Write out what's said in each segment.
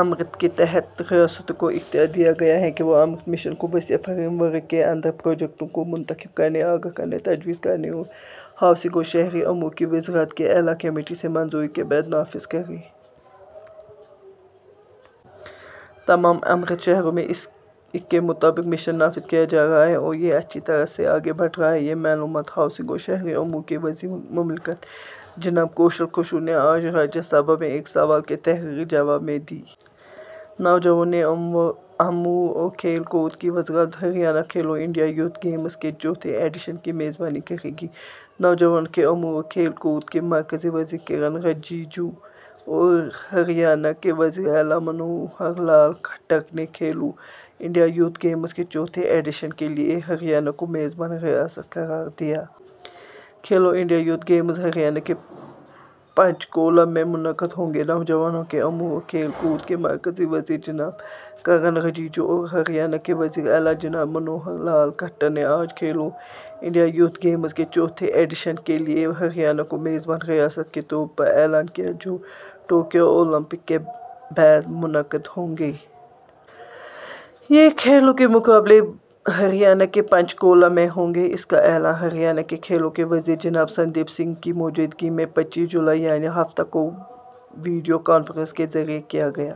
امرت کے تحت، ریاستوں کو اختیار دیا گیا ہے کہ وہ امرت مشن کے وسیع فریم ورک کے اندر پروجیکٹوں کو منتخب کرنے، آگاہ کرنے، تجویز کرنے اور ہاؤسنگ اور شہری امور کی وزارت کی اعلیٰ کمیٹی سے منظوری کے بعد نافذ کریں۔ تمام امرت شہروں میں اسی کے مطابق مشن نافذ کیا جا رہا ہے اور یہ اچھی طرح سے آگے بڑھ رہا ہے۔ یہ معلومات ہاؤسنگ اور شہری امور کے وزیر مملکت جناب کوشل کشور نے آج راجیہ سبھا میں ایک سوال کے تحریری جواب میں دی۔ نوجوانوں کے امور اور کھیل کود کی وزارت Haryana Khelo India youth games کے چوتھے ایڈیشن کی میزبانی کرے گی۔ نوجوانوں کے امور اور کھیل کود کے مرکزی وزیر کرن رجیجو اور ہریانہ کے وزیر اعلیٰ منوہر لال کھٹر نے کھیلو انڈیا یوتھ گیمز کے چوتھے ایڈیشن کے لیے ہریانہ کو میزبان ریاست قرار دیا۔ Khelo India youth games Haryana کے پنچکولہ میں منعقد ہوں گے۔ نوجوانوں کے امور اور کھیل کود کے مرکزی وزیر جناب کرن رجیجو اور ہریانہ کے وزیر اعلیٰ جناب منوہر لال کھٹر نے آج کھیلو انڈیا یوتھ گیمز کے چوتھے ایڈیشن کے لیے ہریانہ کو میزبان ریاست کے طور پر اعلان کیا، جو ٹوکیو اولمپک کے بعد منعقد ہوں گے۔ یہ کھیلوں کے مقابلے ہریانہ کے پنچکولہ میں ہوں گے۔ اس کا اعلان ہریانہ کے کھیلوں کے وزیر جناب سندیپ سنگھ کی موجودگی میں پچیس جولائی یعنی ہفتہ کو ویڈیو کانفرنس کے ذریعے کیا گیا۔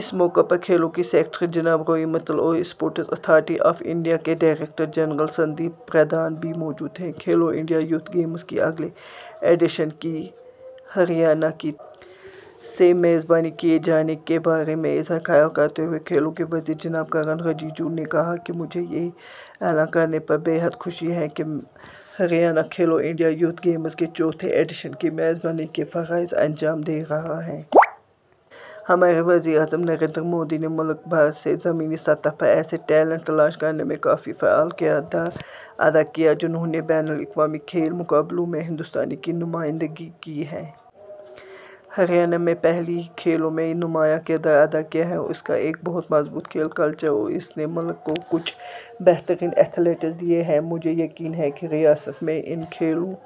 اس موقع پر کھیلوں کے سکریٹری جناب روی متل اور اسپورٹس اتھارٹی آف انڈیا کے ڈائریکٹر جنرل سندیپ پردھان بھی موجود تھے۔ کھیلو انڈیا یوتھ گیمز کے اگلے ایڈیشن کی ہریانہ کی طرف سے میزبانی کیے جانے کے بارے میں اظہار خیال کرتے ہوئے کھیلوں کے وزیر جناب کرن رجیجو نے کہا کہ مجھے یہ اعلان کرنے پر بے حد خوشی ہے کہ Haryana Khelo India youth games کے چوتھے ایڈیشن کی میزبانی کے فرائض انجام دے رہا ہے۔ ہمارے وزیر اعظم نریندر مودی نے ملک بھر سے زمینی سطح پر ایسے ٹیلنٹ تلاش کرنے میں کافی فعال کردار ادا کیا ہے، جنہوں نے بین الاقوامی کھیل مقابلوں میں ہندوستان کی نمائندگی کی ہے۔ ہریانہ نے پہلے ہی کھیلوں میں نمایاں کردار ادا کیا ہے اور اس کا ایک بہت مضبوط کھیل کلچر ہے اور اس نے ملک کو کچھ بہترین ایتھلیٹس دیے ہیں۔ مجھے یقین ہے کہ ریاست میں ان کھیلوں…